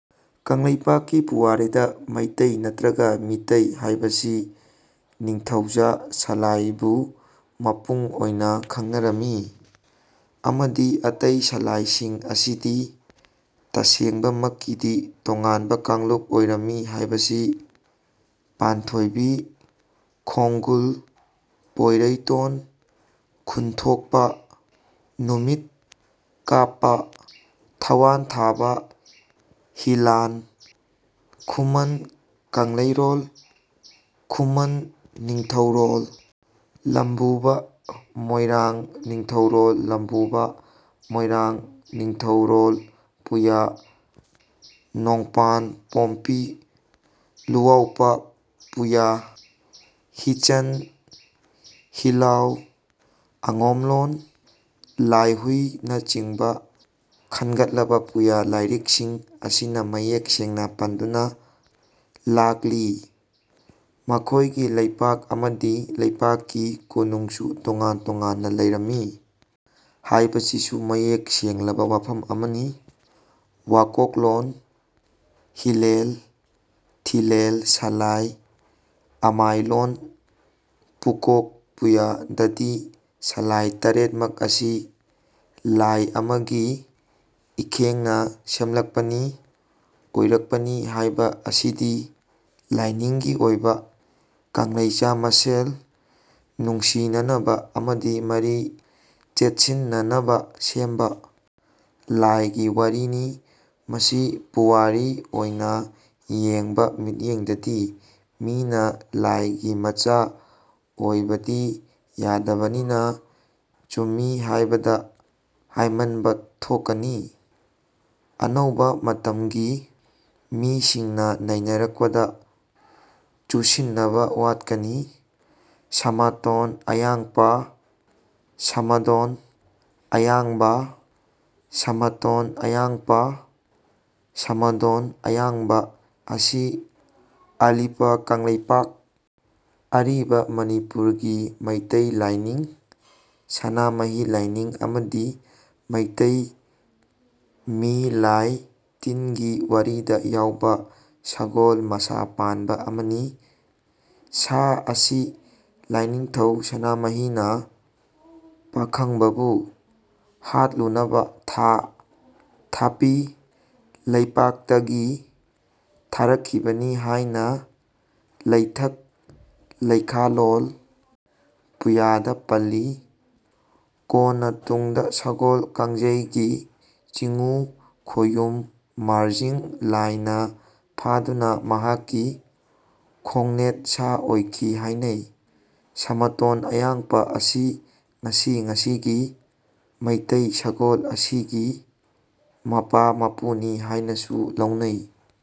ꯀꯪꯂꯩꯄꯥꯛꯀꯤ ꯄꯨꯋꯥꯔꯤꯗ ꯃꯩꯇꯩ ꯅꯠꯇ꯭ꯔꯒ ꯃꯤꯇꯩ ꯍꯥꯢꯕꯁꯤ ꯅꯤꯡꯊꯧꯖꯥ ꯁꯂꯥꯢꯕꯨ ꯃꯄꯨꯡ ꯑꯣꯢꯅ ꯈꯪꯅꯔꯝꯃꯤ꯫ ꯑꯃꯗꯤ ꯑꯇꯩ ꯁꯂꯥꯢ ꯁꯤꯡ ꯑꯁꯤꯗꯤ ꯇꯁꯦꯡꯕꯃꯛꯀꯤꯗꯤ ꯇꯣꯉꯥꯟꯕ ꯀꯥꯡꯂꯨꯞ ꯑꯣꯢꯔꯝꯃꯤ ꯍꯥꯏꯕꯁꯤ ꯄꯥꯟꯊꯣꯢꯕꯤ ꯈꯣꯡꯒꯨꯜ, ꯄꯣꯢꯔꯩꯇꯣꯟ ꯈꯨꯟꯊꯣꯛꯄ, ꯅꯨꯃꯤꯠ ꯀꯥꯞꯄ, ꯊꯋꯥꯟꯊꯥꯕ ꯍꯤꯂꯥꯟ, ꯈꯨꯃꯟ ꯀꯪꯂꯩꯔꯣꯜ, ꯈꯨꯃꯟ ꯅꯤꯡꯊꯧꯔꯣꯜ ꯂꯝꯕꯨꯕ, ꯃꯣꯢꯔꯥꯡ ꯅꯤꯡꯊꯧꯔꯣꯜ ꯂꯝꯕꯨꯕ, ꯃꯣꯢꯔꯥꯡ ꯅꯤꯡꯊꯧꯔꯣꯜ ꯄꯨꯌꯥ, ꯅꯣꯡꯄꯥꯟ ꯄꯣꯝꯄꯤ ꯂꯨꯋꯥꯎꯄ ꯄꯨꯌꯥ, ꯍꯤꯆꯟ ꯍꯤꯂꯥꯎ, ꯑꯉꯣꯝꯂꯣꯟ ꯂꯥꯢꯍꯨꯢ ꯅꯆꯤꯡꯕ ꯈꯟꯒꯠꯂꯕ ꯄꯨꯌꯥ ꯂꯥꯢꯔꯤꯛꯁꯤꯡ ꯑꯁꯤꯅ ꯃꯌꯦꯛ ꯁꯦꯡꯅ ꯄꯟꯗꯨꯅ ꯂꯥꯛꯂꯤ꯫ ꯃꯈꯣꯢꯒꯤ ꯂꯩꯄꯥꯛ ꯑꯃꯗꯤ ꯂꯩꯄꯥꯛ ꯀꯤ ꯀꯣꯅꯨꯡꯁꯨ ꯇꯣꯉꯥꯟ ꯇꯣꯉꯥꯟꯅ ꯂꯩꯔꯝꯃꯤ ꯍꯥꯢꯕꯁꯤꯁꯨ ꯃꯌꯦꯛ ꯁꯦꯡꯂꯕ ꯋꯥꯐꯝ ꯑꯃꯅꯤ꯫ ꯋꯥꯀꯣꯛꯂꯣꯟ ꯍꯤꯂꯦꯜ ꯊꯤꯂꯦꯜ ꯁꯂꯥꯏ ꯑꯃꯥꯏꯂꯣꯟ ꯄꯨꯀꯣꯛ ꯄꯨꯌꯥ ꯗꯗꯤ ꯁꯂꯥꯢ ꯇꯔꯦꯠ ꯃꯛ ꯑꯁꯤ ꯂꯥꯢ ꯑꯃꯒꯤ ꯏꯈꯦꯡꯅ ꯁꯦꯝꯂꯛꯄꯅꯤ ꯑꯣꯢꯔꯛꯄꯅꯤ ꯍꯥꯢꯕ ꯑꯁꯤꯗꯤ ꯂꯥꯢꯅꯤꯡꯒꯤ ꯑꯣꯢꯕ ꯀꯪꯂꯩꯆꯥ ꯃꯁꯦꯜ ꯅꯨꯡꯁꯤꯅꯅꯕ ꯑꯃꯗꯤ ꯃꯔꯤ ꯆꯦꯠꯁꯤꯟꯅꯅꯕ ꯁꯦꯝꯕ ꯂꯥꯢꯒꯤ ꯋꯥꯔꯤꯅꯤ꯫ ꯃꯁꯤ ꯄꯨꯋꯥꯔꯤ ꯑꯣꯢꯅ ꯌꯦꯡꯕ ꯃꯤꯠꯌꯦꯡꯗꯗꯤ ꯃꯤꯅ ꯂꯥꯢꯒꯤ ꯃꯆꯥ ꯑꯣꯢꯕꯗꯤ ꯌꯥꯗꯕꯅꯤꯅ ꯆꯨꯝꯃꯤ ꯍꯥꯢꯕꯗ ꯍꯥꯢꯃꯟꯕ ꯊꯣꯛꯀꯅꯤ꯫ ꯑꯅꯧꯕ ꯃꯇꯝꯒꯤ ꯃꯤꯁꯤꯡꯅ ꯅꯩꯅꯔꯛꯄꯗ ꯆꯨꯁꯤꯟꯅꯕ ꯋꯥꯠꯀꯅꯤ꯫ "ꯁꯃꯇꯣꯟ ꯑꯌꯥꯡꯄ" (ꯁꯃꯗꯣꯟ ꯑꯌꯥꯡꯕ, ꯁꯥꯃꯇꯣꯟ ꯑꯌꯥꯡꯄ, ꯁꯥꯃꯗꯣꯟ ꯑꯌꯥꯡꯕ) ꯑꯁꯤ ꯑꯂꯤꯄ ꯀꯪꯂꯩꯄꯥꯛ (ꯑꯔꯤꯕ ꯃꯅꯤꯄꯨꯔ) ꯒꯤ ꯃꯤꯇꯩ ꯂꯥꯢꯅꯤꯡ (ꯁꯅꯥꯃꯍꯤ ꯂꯥꯢꯅꯤꯡ) ꯑꯃꯗꯤ ꯃꯩꯇꯩ ꯃꯤ ꯂꯥꯢ ꯇꯤꯟꯒꯤ ꯋꯥꯔꯤꯗ ꯌꯥꯎꯕ ꯁꯒꯣꯜ ꯃꯁꯥ ꯄꯥꯟꯕ ꯑꯃꯅꯤ꯫ ꯁꯥ ꯑꯁꯤ ꯂꯥꯢꯅꯤꯡꯊꯧ ꯁꯅꯥꯃꯍꯤ ꯅ ꯄꯥꯈꯪꯕ ꯕꯨ ꯍꯥꯠꯂꯨꯅꯕ ꯊꯥ (ꯊꯄꯤ) ꯂꯩꯄꯥꯛꯇꯒꯤ ꯊꯥꯔꯛꯈꯤꯕꯅꯤ ꯍꯥꯢꯅ ꯂꯩꯊꯛ ꯂꯩꯈꯥꯂꯣꯜ ꯄꯨꯌꯥꯗ ꯄꯜꯂꯤ꯫ ꯀꯣꯟꯅ ꯇꯨꯡꯗ ꯁꯒꯣꯜ ꯀꯥꯡꯖꯩꯒꯤ ꯆꯤꯉꯨ ꯈꯣꯌꯨꯝ ꯃꯥꯔꯖꯤꯡ ꯂꯥꯢ ꯅ ꯐꯥꯗꯨꯅ ꯃꯍꯥꯛꯀꯤ ꯈꯣꯡꯅꯦꯠ ꯁꯥ ꯑꯣꯢꯈꯤ ꯍꯥꯢꯅꯩ꯫ ꯁꯃꯇꯣꯟ ꯑꯌꯥꯡꯄ ꯑꯁꯤ ꯉꯁꯤ ꯉꯁꯤꯒꯤ ꯃꯩꯇꯩ ꯁꯒꯣꯜ ꯑꯁꯤꯒꯤ ꯃꯄꯥ ꯃꯄꯨ ꯅꯤ ꯍꯥꯢꯅꯁꯨ ꯂꯧꯅꯩ꯫